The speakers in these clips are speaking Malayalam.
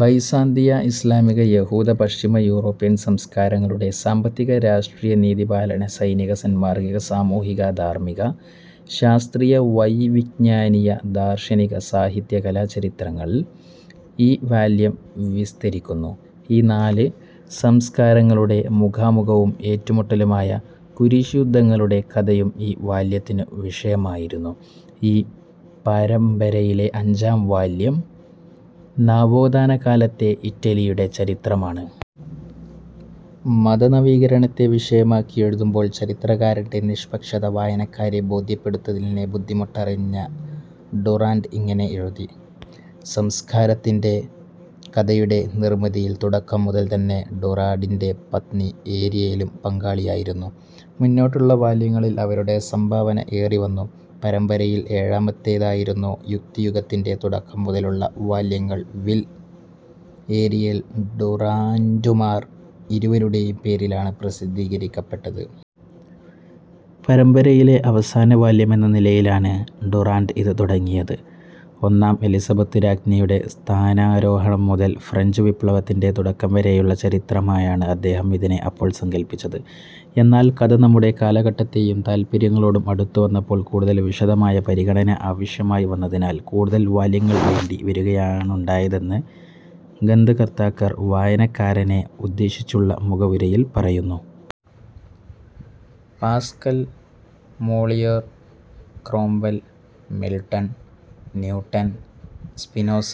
ബൈസാന്തിയ, ഇസ്ലാമിക, യഹൂദ, പശ്ചിമയൂറോപ്യൻ സംസ്കാരങ്ങളുടെ സാമ്പത്തിക, രാഷ്ട്രീയ, നീതിപാലന, സൈനിക, സാന്മാർഗ്ഗിക, സാമൂഹ്യ, ധാർമ്മിക, ശാസ്ത്രീയ, വൈദ്യവിജ്ഞാനീയ, ദാർശനിക, സാഹിത്യ, കലാ ചരിത്രങ്ങൾ ഈ വാല്യം വിസ്തരിക്കുന്നു. ഈ നാലു സംസ്കാരങ്ങളുടെ മുഖാമുഖവും ഏറ്റുമുട്ടലുമായ കുരിശുയുദ്ധങ്ങളുടെ കഥയും ഈ വാല്യത്തിനു വിഷയമാകുന്നു. ഈ പരമ്പരയിലെ അഞ്ചാം വാല്യം നവോത്ഥാനകാലത്തെ ഇറ്റലിയുടെ ചരിത്രമാണ്. മതനവീകരണത്തെ വിഷയമാക്കി എഴുതുമ്പോൾ ചരിത്രകാരന്റെ നിഷ്പക്ഷത വായനക്കാരെ ബോദ്ധ്യപ്പെടുത്തുന്നതിലെ ബുദ്ധിമുട്ട് അറിഞ്ഞ ഡുറാന്റ് ഇങ്ങനെ എഴുതി:- സംസ്കാരത്തിന്റെ കഥയുടെ നിർമ്മിതിയിൽ തുടക്കം മുതൽ തന്നെ ഡുറാന്റിന്റെ പത്നി ഏരിയലും പങ്കാളിയായിരുന്നു. മുന്നോട്ടുള്ള വാല്യങ്ങളിൽ അവരുടെ സംഭാവന ഏറി വന്നു. പരമ്പരയിൽ ഏഴാമത്തേതായിരുന്ന "യുക്തിയുഗത്തിന്റെ തുടക്കം" മുതലുള്ള വാല്യങ്ങൾ വിൽ, ഏരിയൽ ഡുറാന്റുമാർ ഇരുവരുടേയും പേരിലാണ് പ്രസിദ്ധീകരിക്കപ്പെട്ടത്. പരമ്പരയിലെ അവസാനവാല്യമെന്ന നിലയിലാണ് ഡുറാന്റ് ഇത് തുടങ്ങിയത്. ഒന്നാം എലിസബത്തു രാജ്ഞിയുടെ സ്ഥാനാരോഹണം മുതൽ ഫ്രഞ്ചു വിപ്ലവത്തിന്റെ തുടക്കം വരെയുള്ള ചരിത്രമായാണ് അദ്ദേഹം ഇതിനെ അപ്പോൾ സങ്കല്പിച്ചത്. എന്നാൽ കഥ നമ്മുടെ കാലഘട്ടത്തോടും താത്പര്യങ്ങളോടും അടുത്തു വന്നപ്പോൾ, കൂടുതൽ വിശദമായ പരിഗണന ആവശ്യമായി വന്നതിനാൽ കൂടുതൽ വാല്യങ്ങൾ വേണ്ടി വരുകയാണുണ്ടായതെന്ന ഗന്ഥകർത്താക്കൾ "വായനക്കാരനെ" ഉദ്ദേശിച്ചുള്ള മുഖവുരയിൽ പറയുന്നു. Pascal, Moliere, Cromwell, Milton, Newton, Spinoza,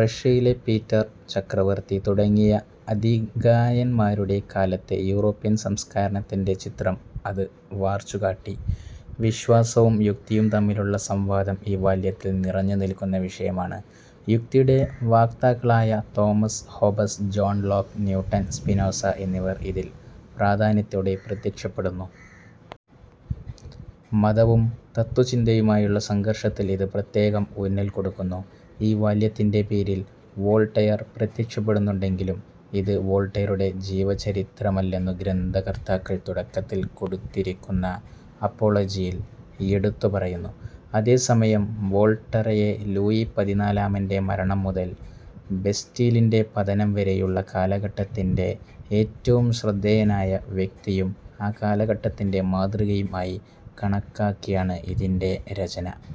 റഷ്യയിലെ പീറ്റർ ചക്രവർത്തി തുടങ്ങിയ അതികായന്മാരുടെ കാലത്തെ യൂറോപ്യൻ സംസ്കാരത്തിന്റെ ചിത്രം അത് വർച്ചുകാട്ടി. വിശ്വാസവും യുക്തിയും തമ്മിലുള്ള സംവാദം ഈ വാല്യത്തിൽ നിറഞ്ഞു നിൽക്കുന്ന വിഷയമാണ്. യുക്തിയുടെ വക്താക്കളായ Thomas Hobbes, John Locke, Newton, Spinoza എന്നിവർ ഇതിൽ പ്രാധാന്യത്തോടെ പ്രത്യക്ഷപ്പെടുന്നു. മതവും തത്ത്വചിന്തയുമായുള്ള സംഘർഷത്തിൽ ഇത് പ്രത്യേകം ഊന്നൽ കൊടുക്കുന്നു. ഈ വാല്യത്തിന്റെ പേരിൽ വോൾട്ടയർ പ്രത്യക്ഷപ്പെടുന്നുണ്ടെങ്കിലും, ഇത് വോൾട്ടയറുടെ ജീവചരിത്രമല്ലെന്നു ഗ്രന്ഥകർത്താക്കൾ തുടക്കത്തിൽ കൊടുത്തിരിക്കുന്ന "അപ്പോളജി"-യിൽ എടുത്തു പറയുന്നു. അതേസമയം വോൾട്ടയറെ, ലൂയി പതിനാലാമന്റെ മരണം മുതൽ ബസ്റ്റീലിന്റെ പതനം വരെയുള്ള കാലഘട്ടത്തിലെ ഏറ്റവും ശ്രദ്ധേയനായ വ്യക്തിയും ആ കാലഘട്ടത്തിന്റെ മാതൃകയും ആയി കണക്കാക്കിയാണ് ഇതിന്റെ രചന.